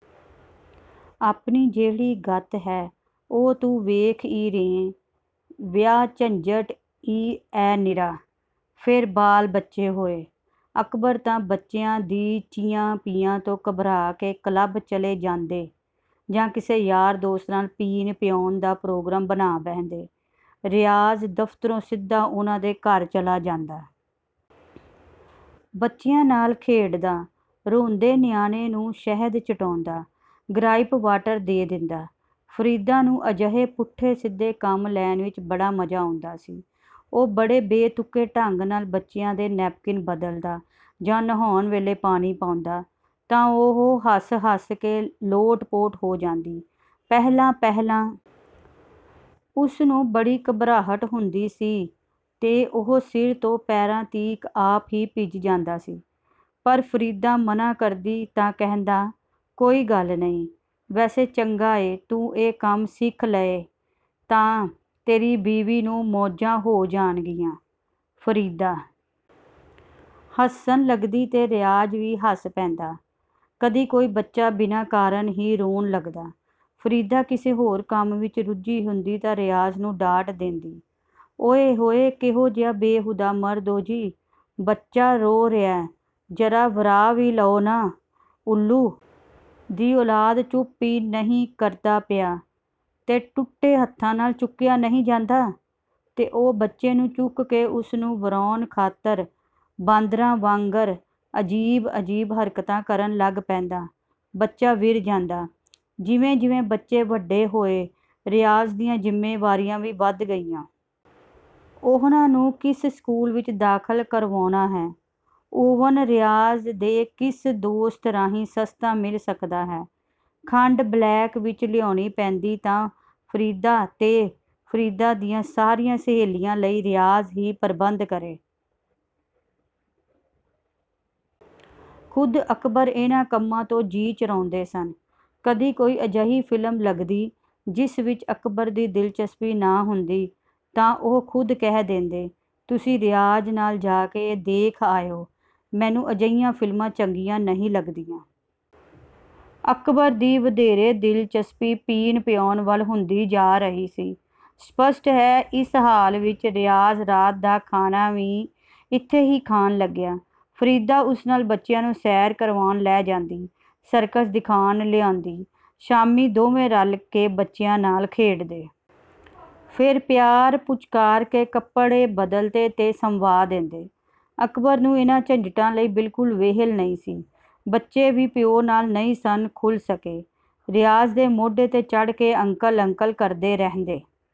ਆਪਣੀ ਜਿਹੜੀ ਗੱਤ ਹੈ, ਉਹ ਤੂੰ ਵੇਖ ਈ ਰਿਹੈਂ, ਵਿਆਹ ਝੰਜਟ ਈ ਐ ਨਿਰਾ। ਫੇਰ ਬਾਲ-ਬੱਚੇ ਹੋਏ। ਅਕਬਰ ਤਾਂ ਬੱਚਿਆਂ ਦੀ 'ਚਿਆਂ-ਪਿਆਂ' ਤੋਂ ਘਬਰਾ ਕੇ ਕਲੱਬ ਚਲੇ ਜਾਂਦੇ ਜਾਂ ਕਿਸੇ ਯਾਰ ਦੋਸਤ ਨਾਲ ਪੀਣ-ਪਿਆਉਣ ਦਾ ਪ੍ਰੋਗਰਾਮ ਬਣਾ ਬਹਿੰਦੇ, ਰਿਆਜ਼ ਦਫ਼ਤਰੋਂ ਸਿੱਧਾ ਉਹਨਾਂ ਦੇ ਘਰ ਚਲਾ ਜਾਂਦਾ। ਬੱਚਿਆਂ ਨਾਲ ਖੇਡਦਾ, ਰੋਂਦੇ ਨਿਆਣੇ ਨੂੰ ਸ਼ਹਿਦ ਚਟਾਉਂਦਾ, ਗਰਾਈਪ ਵਾਟਰ ਦੇ ਦਿੰਦਾ। ਫਰੀਦਾ ਨੂੰ ਅਜਿਹੇ ਪੁੱਠੇ ਸਿੱਧੇ ਕੰਮ ਲੈਣ ਵਿਚ ਬੜਾ ਮਜ਼ਾ ਆਉਂਦਾ ਸੀ। ਉਹ ਬੜੇ ਬੇਤੁਕੇ ਢੰਗ ਨਾਲ ਬੱਚਿਆਂ ਦੇ ਨੈਪਕਿਨ ਬਦਲਦਾ ਜਾਂ ਨੁਹਾਉਣ ਵੇਲੇ ਪਾਣੀ ਪਾਉਂਦਾ ਤਾਂ ਉਹ ਹੱਸ-ਹੱਸ ਕੇ ਲੋਟਪੋਟ ਹੋ ਜਾਂਦੀ। ਪਹਿਲਾਂ-ਪਹਿਲਾਂ ਉਸਨੂੰ ਬੜੀ ਘਬਰਾਹਟ ਹੁੰਦੀ ਸੀ ਤੇ ਉਹ ਸਿਰ ਤੋਂ ਪੈਰਾਂ ਤੀਕ ਆਪ ਵੀ ਭਿੱਜ ਜਾਂਦਾ ਸੀ, ਪਰ ਫਰੀਦਾ ਮਨ੍ਹਾਂ ਕਰਦੀ ਤਾਂ ਕਹਿੰਦਾ, "ਕੋਈ ਗੱਲ ਨਹੀਂ।" "ਵੈਸੇ ਚੰਗਾ ਏ, ਤੂੰ ਇਹ ਕੰਮ ਸਿੱਖ ਲਏਂ ਤਾਂ ਤੇਰੀ ਬੀਵੀ ਨੂੰ ਮੌਜਾਂ ਹੋ ਜਾਣਗੀਆਂ।"ਫਰੀਦਾ ਹੱਸਣ ਲੱਗਦੀ ਤੇ ਰਿਆਜ਼ ਵੀ ਹੱਸ ਪੈਂਦਾ। ਕਦੀ ਕੋਈ ਬੱਚਾ ਬਿਨਾਂ ਕਾਰਨ ਹੀ ਰੋਣ ਲੱਗਦਾ, ਫਰੀਦਾ ਕਿਸੇ ਹੋਰ ਕੰਮ ਵਿਚ ਰੁੱਝੀ ਹੁੰਦੀ ਤਾਂ ਰਿਆਜ਼ ਨੂੰ ਡਾਂਟ ਦੇਂਦੀ, "ਓਇ ਹੋਇ ਕੇਹੋਜਾ ਬੇਹੂਦਾ ਮਰਦ ਓ-ਜੀ, ਬੱਚਾ ਰੋ ਰਿਹੈ, ਜ਼ਰਾ ਵਰਾਅ ਵੀ ਲਓ ਨਾ।""ਉੱਲੂ ਦੀ ਔਲਾਦ ਚੁੱਪ ਈ ਨਹੀਂ ਕਰਦਾ ਪਿਆ।" "ਤੇ ਟੁੱਟੇ ਹੱਥਾਂ ਨਾਲ ਚੁੱਕਿਆ ਨਹੀਂ ਜਾਂਦਾ?"ਤੇ ਉਹ ਬੱਚੇ ਨੂੰ ਚੁੱਕ ਕੇ ਉਸਨੂੰ ਵਰਾਉਣ ਖਾਤਰ ਬਾਂਦਰਾਂ ਵਾਂਗਰ ਅਜੀਬ-ਅਜੀਬ ਹਰਕਤਾਂ ਕਰਨ ਲੱਗ ਪੈਂਦਾ, ਬੱਚਾ ਵਿਰ ਜਾਂਦਾ। ਜਿਵੇਂ-ਜਿਵੇਂ ਬੱਚੇ ਵੱਡੇ ਹੋਏ ਰਿਆਜ਼ ਦੀਆਂ ਜ਼ਿੰਮੇਵਾਰੀਆਂ ਵੀ ਵਧ ਗਈਆਂ। ਉਹਨਾਂ ਨੂੰ ਕਿਸ ਸਕੂਲ ਵਿਚ ਦਾਖ਼ਲ ਕਰਵਾਉਣਾ ਹੈ? ਓਵਨ ਰਿਆਜ਼ ਦੇ ਕਿਸ ਦੋਸਤ ਰਾਹੀਂ ਸਸਤਾ ਮਿਲ ਸਕਦਾ ਹੈ? ਖੰਡ ਬਲੈਕ ਵਿਚ ਲਿਆਉਣੀ ਪੈਂਦੀ ਤਾਂ ਫਰੀਦਾ ਤੇ ਫਰੀਦਾ ਦੀਆਂ ਸਾਰੀਆਂ ਸਹੇਲੀਆਂ ਲਈ ਰਿਆਜ਼ ਹੀ ਪ੍ਰਬੰਧ ਕਰੇ। ਖ਼ੁਦ ਅਕਬਰ ਇਹਨਾਂ ਕੰਮਾਂ ਤੋਂ ਜੀਅ ਚੁਰਾਉਂਦੇ ਸਨ। ਕਦੀ ਕੋਈ ਅਜਿਹੀ ਫ਼ਿਲਮ ਲੱਗਦੀ, ਜਿਸ ਵਿਚ ਅਕਬਰ ਦੀ ਦਿਲਚਸਪੀ ਨਾ ਹੁੰਦੀ ਤਾਂ ਉਹ ਖ਼ੁਦ ਕਹਿ ਦੇਂਦੇ, "ਤੁਸੀਂ ਰਿਆਜ਼ ਨਾਲ ਜਾ ਕੇ ਦੇਖ ਆਇਓ, ਮੈਨੂੰ ਅਜਿਹੀਆਂ ਫ਼ਿਲਮਾਂ ਚੰਗੀਆਂ ਨਹੀਂ ਲੱਗਦੀਆਂ।" ਅਕਬਰ ਦੀ ਵਧੇਰੇ ਦਿਲਚਸਪੀ ਪੀਣ-ਪਿਆਉਣ ਵੱਲ ਹੁੰਦੀ ਜਾ ਰਹੀ ਸੀ। ਸਪਸ਼ਟ ਹੈ ਇਸ ਹਾਲ ਵਿਚ ਰਿਆਜ਼ ਰਾਤ ਦਾ ਖਾਣਾ ਵੀ ਇੱਥੇ ਹੀ ਖਾਣ ਲੱਗਿਆ। ਫਰੀਦਾ ਉਸ ਨਾਲ ਬੱਚਿਆਂ ਨੂੰ ਸੈਰ ਕਰਵਾਉਣ ਲੈ ਜਾਂਦੀ, ਸਰਕਸ ਦਿਖਾ ਲਿਆਉਂਦੀ, ਸ਼ਾਮੀਂ ਦੋਵੇਂ ਰਲ ਕੇ ਬੱਚਿਆਂ ਨਾਲ ਖੇਡਦੇ। ਫੇਰ ਪਿਆਰ-ਪੁਚਕਾਰ ਕੇ ਕੱਪੜੇ ਬਦਲਦੇ ਤੇ ਸੰਵਾਅ ਦੇਂਦੇ। ਅਕਬਰ ਨੂੰ ਇਹਨਾਂ ਝੰਜਟਾਂ ਲਈ ਬਿਲਕੁਲ ਵਿਹਲ ਨਹੀਂ ਸੀ। ਬੱਚੇ ਵੀ ਪਿਓ ਨਾਲ ਨਹੀਂ ਸਨ ਖੁੱਲ੍ਹ ਸਕੇ। ਰਿਆਜ਼ ਦੇ ਮੋਢੇ 'ਤੇ ਚੱੜ੍ਹ ਕੇ 'ਅੰਕਲ-ਅੰਕਲ' ਕਰਦੇ ਰਹਿੰਦੇ।